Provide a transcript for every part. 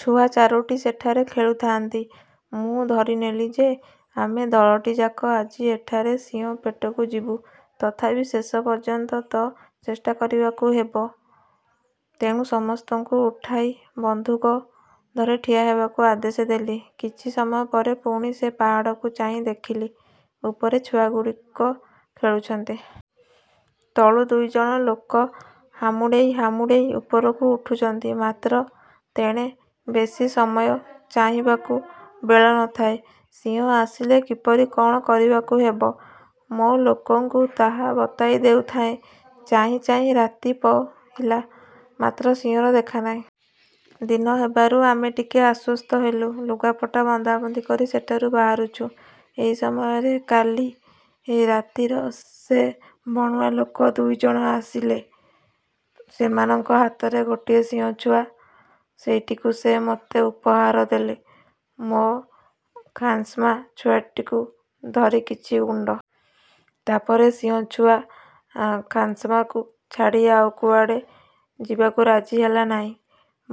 ଛୁଆ ଚାରୋଟି ସେଠାରେ ଖେଳୁଥାଆନ୍ତି। ମୁଁ ଧରିନେଲି ଯେ, ଆମେ ଦଳଟିଯାକ ଆଜି ଏଠାରେ ସିଂହ ପେଟକୁ ଯିବୁ। ତଥାପି ଶେଷ ପର୍ଯ୍ୟନ୍ତ ତ ଚେଷ୍ଟା କରିବାକୁ ହେବ। ତେଣୁ ସମସ୍ତଙ୍କୁ ଉଠାଇ ବନ୍ଧୁକ ଧରି ଠିଆ ହେବାକୁ ଆଦେଶ ଦେଲି। କିଛି ସମୟ ପରେ ପୁଣି ସେ ପାହାଡ଼କୁ ଚାହିଁ ଦେଖିଲି, ଉପରେ ଛୁଆଗୁଡ଼ିକ ଖେଳୁଛନ୍ତି-। ତଳୁ ଦୁଇ ଜଣ ଲୋକ ହାମୁଡ଼େଇ ହାମୁଡ଼େଇ ଉପରକୁ ଉଠୁଛନ୍ତି। ମାତ୍ର ତେଣେ ବେଶୀ ସମୟ ଚାହିଁବାକୁ ବେଳ ନ ଥାଏ। ସିଂହ ଆସିଲେ କିପରି କଅଣ କରିବାକୁ ହେବ, ମୋ ଲୋକଙ୍କୁ ତାହା ବତାଇ ଦେଉଥାଏଁ। ଚାହିଁ ଚାହିଁ ରାତି ପ। ହିଲା; ମାତ୍ର ସିଂହର ଦେଖା ନାହିଁ। ଦିନ ହେବାରୁ ଆମେ ଟିକିଏ ଆଶ୍ୱସ୍ତ ହେଲୁ। ଲୁଗାପଟା ବନ୍ଧାବନ୍ଧି କରି ସେଠାରୁ ବାହାରୁଛୁ, ଏହି ସମୟରେ କ। ଲି ରାତିର ସେ ବଣୁଆ ଲୋକ ଦୁଇ ଜଣ ଆସିଲେ। ସେମାନଙ୍କ ହାତରେ ଗୋଟିଏ ସିଂହଛୁଆ। ସେଇଟିକୁ ସେ ମୋତେ ଉପହାର ଦେଲେ। ମୋ ଖାନ୍ସମା ଛୁଆଟିକୁ ଧରି କିଛି ଗୁଣ୍ଡ ଦୁଧ ଖୁଆଇଦେଲା। ତା'ପରେ ସିଂହଛୁଆ ଖାନ୍ସମାକୁ ଛାଡ଼ି ଆଉ କୁଆଡ଼େ ଯିବାକୁ ରାଜି ହେଲା ନାହିଁ।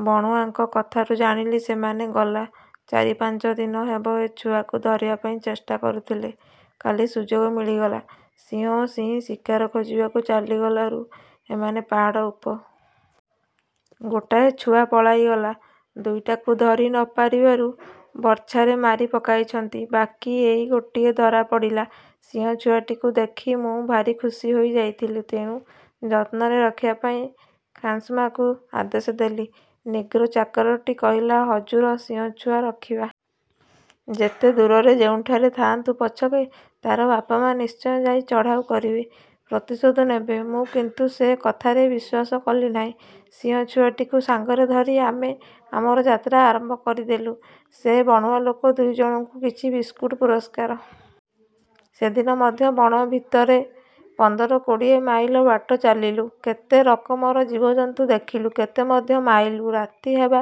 ବଣୁଆଙ୍କ କଥାରୁ ଜାଣିଲି, ସେମାନେ ଗଲା ଚାରି ପାଞ୍ଚ ଦିନ ହେବ ଏ ଛୁଆକୁ ଧରିବା ପାଇଁ ଚେଷ୍ଟା କରୁଥିଲେ। କାଲି ସୁଯୋଗ ମିଳିଗଲା। ସିଂହ ଓ ସିଂହୀ ଶିକାର ଖୋଜିବାକୁ ଚାଲିଗଲାରୁ ଏମାନେ ପାହାଡ଼ ଉପରକୁ ଚଢ଼ିଲେ। ଗୋଟାଏ ଛୁଆ ପଳାଇଗଲା, ଦୁଇଟାକୁ ଧରି ନ ପାରିବାରୁ ବର୍ଚ୍ଛାରେ ମାରି ପକାଇଛନ୍ତି; ବାକି ଏଇ ଗୋଟିଏ ଧରା ପଡ଼ିଲା। ସିଂହଛୁଆଟିକୁ ଦେଖି ମୁଁ ଭାରି ଖୁସି ହୋଇ ଯାଇଥିଲି; ତେଣୁ ଯତ୍ନରେ ରଖିବା ପାଇଁ ଖାନ୍ସମାକୁ ଆଦେଶ ଦେଲି। ନିଗ୍ରୋ ଚାକରଟି କହିଲା, "ହଜୁର, ସିଂହଛୁଆ ରଖିବା ମହାବିପଦ। ଯେତେ ଦୂରରେ ଯେଉଁଠାରେ ଥାଆନ୍ତୁ ପଛକେ, ତା'ର ବାପ ମା' ନିଶ୍ଚୟ ଯାଇ ଚଢ଼ାଉ କରିବେ, ପ୍ରତିଶୋଧ ନେବେ"। ମୁଁ କିନ୍ତୁ ସେ କଥାରେ ବିଶ୍ୱାସ କଲି ନାହିଁ। ସିଂହଛୁଆଟିକୁ ସାଙ୍ଗରେ ଧରି ଆମେ ଆମର ଯାତ୍ରା ଆରମ୍ଭ କରିଦେଲୁ। ସେ ବଣୁଆଲୋକ ଦୁଇଜଣଙ୍କୁ କିଛି ବିସ୍କୁଟ୍ ପୁରସ୍କାର ଦେଲି। ସେଦିନ ମଧ୍ୟ ବଣ ଭିତରେ ପନ୍ଦର କୋଡ଼ିଏ ମାଇଲ ବାଟ ଚାଲିଲୁ। କେତେ ରକମର ଜୀବଜନ୍ତୁ ଦେଖିଲୁ, କେତେ ମଧ୍ୟ ମାଇଲୁ। ରାତି ହେବା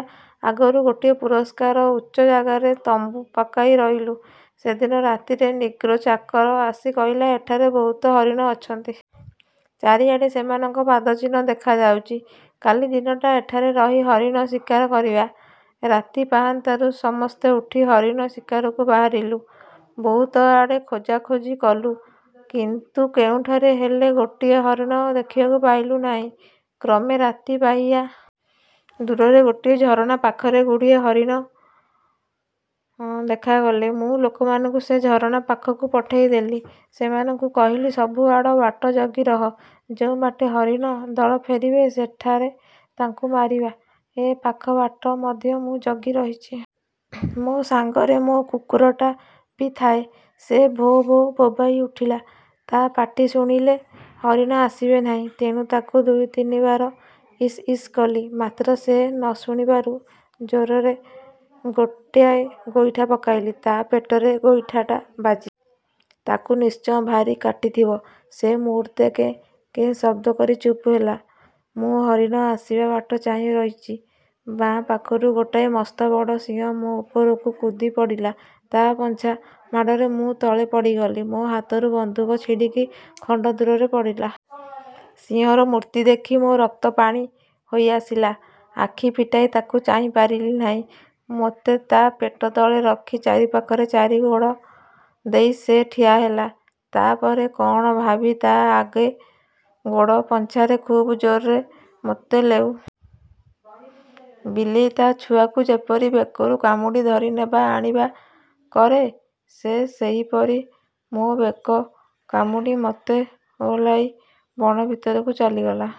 ଆଗରୁ ଗୋଟିଏ ପରିଷ୍କାର ଉଚ୍ଚ ଜାଗାରେ ତମ୍ବୁ ପକାଇ ରହିଲୁ। ସେଦିନ ରାତିରେ ନିଗ୍ରୋ ଚାକର ଆସି କହିଲା, ''ଏଠାରେ ବହୁତ ହରିଣ ଅଛନ୍ତି। ଚାରିଆଡ଼େ ସେମାନଙ୍କ ପାଦ ଚିହ୍ନ ଦେଖାଯାଉଛି। କାଲି ଦିନଟା ଏଠାରେ ରହି ହରିଣ ଶିକାର କରିବା। '' ରାତି ପାହାନ୍ତାରୁ ସମସ୍ତେ ଉଠି ହରିଣ ଶିକାରକୁ ବାହାରିଲୁ। ବହୁତଆଡ଼ ଖୋଜାଖୋଜି କଲୁ; କିନ୍ତୁ କେଉଁଠାରେ ହେଲେ ଗୋଟିଏ ହରିଣ ଦେଖିବାକୁ ପାଇଲୁ ନାହିଁ। କ୍ରମେ ରାତି ପାହିଆସିଲା। ଦୂରରେ ଗୋଟାଏ ଝରଣା ପାଖରେ ଗୁଡ଼ିଏ ହରିଣ ଦେଖାଗଲେ। ମୁଁ ଲୋକମାନଙ୍କୁ ସେ ଝରଣା ପାଖକୁ ପଠାଇଦେଲି। ସେମାନଙ୍କୁ କହିଲି, ସବୁଆଡ଼ ବାଟ ଜଗି ରହ; ଯେଉଁ ବାଟେ ହରିଣ ଦଳ ଫେରିବେ, ସେଠାରେ ତାଙ୍କୁ ମାରିବା। ଏ ପାଖ ବାଟ ମଧ୍ୟ ମୁଁ ଜଗି ରହିଛି। ମୋ ସାଙ୍ଗରେ ମୋ କୁକୁରଟା ବି ଥାଏ। ସେ ଭୋ ଭୋ ବୋବାଇ ଉଠିଲା।। ତା' ପାଟି ଶୁଣିଲେ ହରିଣ ଆସିବେ ନାହିଁ; ତେଣୁ ତାକୁ ଦୁଇ ତିନିବାର ଇସ୍ଇସ୍ କଲି; ମାତ୍ର ସେ ନ ଶୁଣିବାରୁ ଜୋରରେ ଗୋଟାଏ ଗୋଇଠା ପକାଇଲି। ତା' ପେଟରେ ଗୋଇଠାଟା ବାଜିଲା। ତାକୁ ନିଶ୍ଚୟ ଭାରି କାଟିଥିବ। ସେ ମୁହୂର୍ତ୍ତେ କେଁ କେଁ ଶବ୍ଦକରି ଚୁପ୍ ହେଲା। ମୁଁ ହରିଣ ଆସିବା ବାଟ ଚାହିଁ ରହିଛି; ବାଁ ପାଖରୁ ଗୋଟାଏ ମସ୍ତବଡ଼ ସିଂହ ମୋ ଉପରକୁ କୁଦିପଡ଼ିଲା। ତା' ପଞ୍ଝା ମାଡ଼ରେ ମୁଁ ତଳେ ପଡ଼ିଗଲି। ମୋ ହାତରୁ ବନ୍ଧୁକ ଛିଡ଼ିକି ଖଣ୍ଡଦୂରରେ ପଡ଼ିଲା। ସିଂହର ମୂର୍ତ୍ତି ଦେଖି ମୋ ରକ୍ତ ପାଣି ହୋଇଆସିଲା; ଆଖି ଫିଟାଇ ତାକୁ ଚାହିଁପାରିଲି ନାହିଁ। ମୋତେ ତା' ପେଟତଳେ ରଖି ଚାରିପାଖରେ ଚାରି ଗୋଡ଼ ଦେଇ ସେ ଠିଆହେଲା। ତା'ପରେ କଅଣ ଭାବି ତା' ଆଗ ଗୋଡ଼ ପଞ୍ଝାରେ ଖୁବ ଜୋରରେ ମୋତେ ଲେଉଟାଇ ପକାଇଲା-। ବିଲେଇ ତା' ଛୁଆକୁ ଯେପରି ବେକରୁ କାମୁଡ଼ି ଧରି ନବା ଆଣିବା କରେ, ସେ ସେହିପରି ମୋ ବେକ କାମୁଡ଼ି ମୋତେ ଓହଳାଇ ବଣ ଭିତରକୁ ଚାଲିଗଲା।